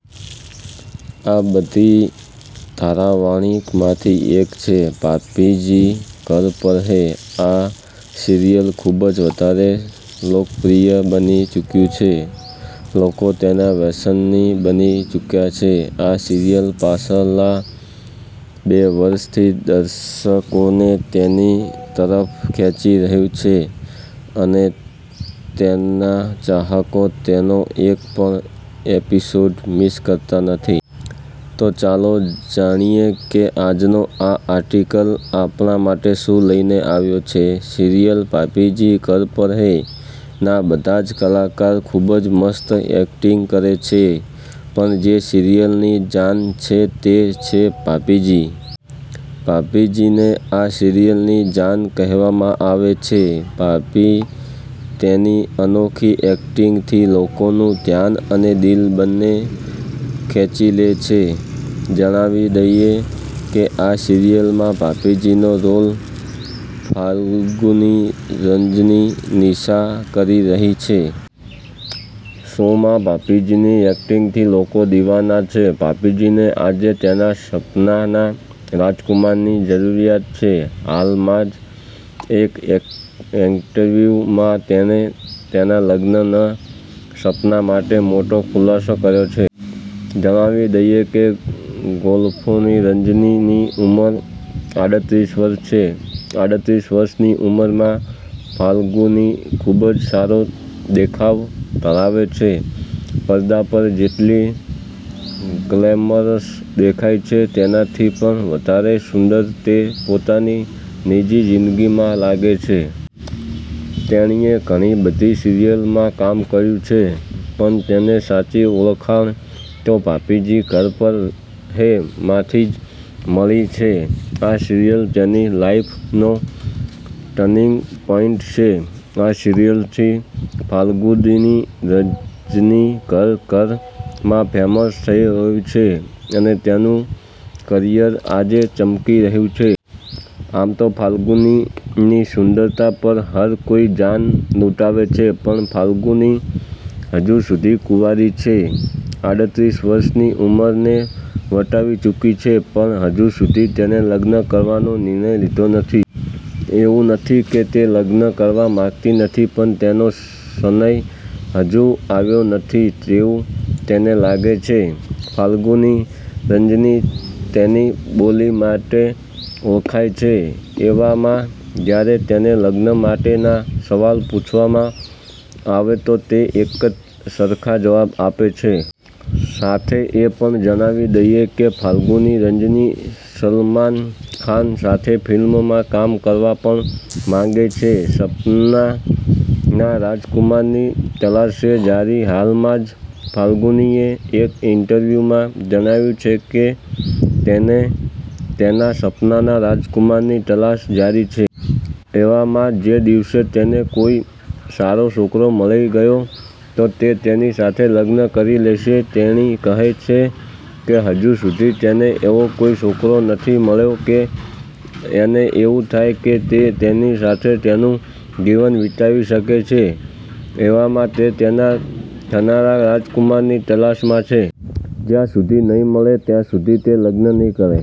આ બધી ધારાવાહિક માંથી એક છે 'ભાભી જી ઘર પર હે'. આ સિરિયલ ખુબજ વધારે લોકપ્રિય બની ચૂક્યું છે. લોકો તેના વ્યસની બની ચુક્યા છે. આ સિરિયલ પાછલા બે વર્ષો થી દર્શકો ને તેની તરફ ખેંચી રહ્યું છે અને તેના ચાહકો તેનો એક પણ એપિસોડ મિસ કરતા નથી. તો ચાલો જાણીએ કે આજનો આ આર્ટિકલ આપણા માટે શુ લઈ ને આવ્યો છે. સિરિયલ 'ભાભી જી ઘર પર હે' ના બધા જ કલાકાર ખુબજ મસ્ત એક્ટિંગ કરે છે, પણ જે સિરિયલ ની જાન છે તે છે ભાભીજી. ભાભીજી ને આ સિરિયલ ની જાન કહેવામાં આવે છે. ભાભી તેની અનોખી એક્ટિંગ થી લોકો નું ધ્યાન અને દિલ બન્ને ખેંચી લે છે. જણાવી દઈએ કે આ સિરિયલ માં ભાભીજી નો રોલ ફાલ્ગુની રજની નિશા કરી રહી છે. શો માં ભાભીજી ની એક્ટિંગ થી લોકો દીવાના છે. ભાભીજી ને આજે તેના સપના ના રાજકુમાર ની જરૂરિયાત છે. હાલ માજ એક ઇન્ટરવ્યૂ માં તેણે તેના લગ્ન ન સપના માટે મોટો ખુલાસો કર્યો છે. જણાવી દઈએ એ ફાલ્ગુની રજની ની ઉંમર આડત્રીસ વર્ષ છે. આડત્રીસ વર્ષ ની ઉમર માં ફાલ્ગુની ખુબજ સારો દેખાવ ધરાવે છે. પરદા પર જેટલી ગ્લેમરસ દેખાય છે એનાથી પણ વધારે સુંદર તે પોતાની નિજી જિંદગી માં લાગે છે. તેણીએ ઘણી બધી સિરિયલ્સ માં કામ કર્યું છે પણ તેને સાચી ઓળખાણ તો ભાભીજી ઘર પર હે માંથી જ મળી છે. આ સિરિયલ તેની લાઈફ નો ટર્નિંગ પોઇન્ટ છે. આ સિરિયલ થી ફાલ્ગુની રજની ઘર ઘર માં ફેમસ થઈ ગઈ છે અને તેનું કરિયર આજે ચમકી રહ્યું છે. .આમ તો ફાલ્ગુની ની સુંદરતા પર હર કોઈ જાન લૂંટાવે છે, પણ ફાલ્ગુની હજુ સુધી કુંવારી છે. આડત્રીસ વર્ષ ની ઉંમર ને વટાવી ચુકી છે પણ હજુ સુધી તેણે લગ્ન કરવાનો નિર્ણય લીધો નથી. એવું નથી કે તે લગ્ન કરવા માંગતી નથી પણ તેનો સનય હજુ આવ્યો નથી તેવું તેને લાગે છે. ફાલ્ગુની રજની તેની બોલી માટે ઓળખાય છે. એવામાં જ્યારે તેને લગ્ન માટે ના સવાલ પૂછવામાં આવે તો તે એકજ સરખા જવાબ આપે છે. સાથે એ પણ જણાવી દઈએ કે ફાલ્ગુની રજની સલમાન ખાન સાથે ફિલ્મ માં કામ કરવા પણ માંગે છે. સપના ના રાજકુમાર ની તલાશ છે જારી હાલ માં જ ફાલ્ગુની એ એક ઇન્ટરવ્યૂ માં જણાવ્યું છે કે તેને તેના સપનાના રાજકુમાર ની તલાશ જારી છે. એવામાં જે દિવસે તેને કોઈ સારો છોકરો મળી ગયો, તો તે તેની સાથે લગ્ન કરી લેશે. તેણી કહે છે કે હજુ સુધી તેને એવો કોઈ છોકરો નથી મળ્યો કે એને એવું થાય કે તે તેની સાથે તેનું જીવન વિતાવી શકે છે, એવામાં તે તેના થનારા રાજકુમાર ની તલાશ માં છે. જ્યાં સુધી નહીં મળે ત્યાં સુધી તે લગ્ન નહિ કરે.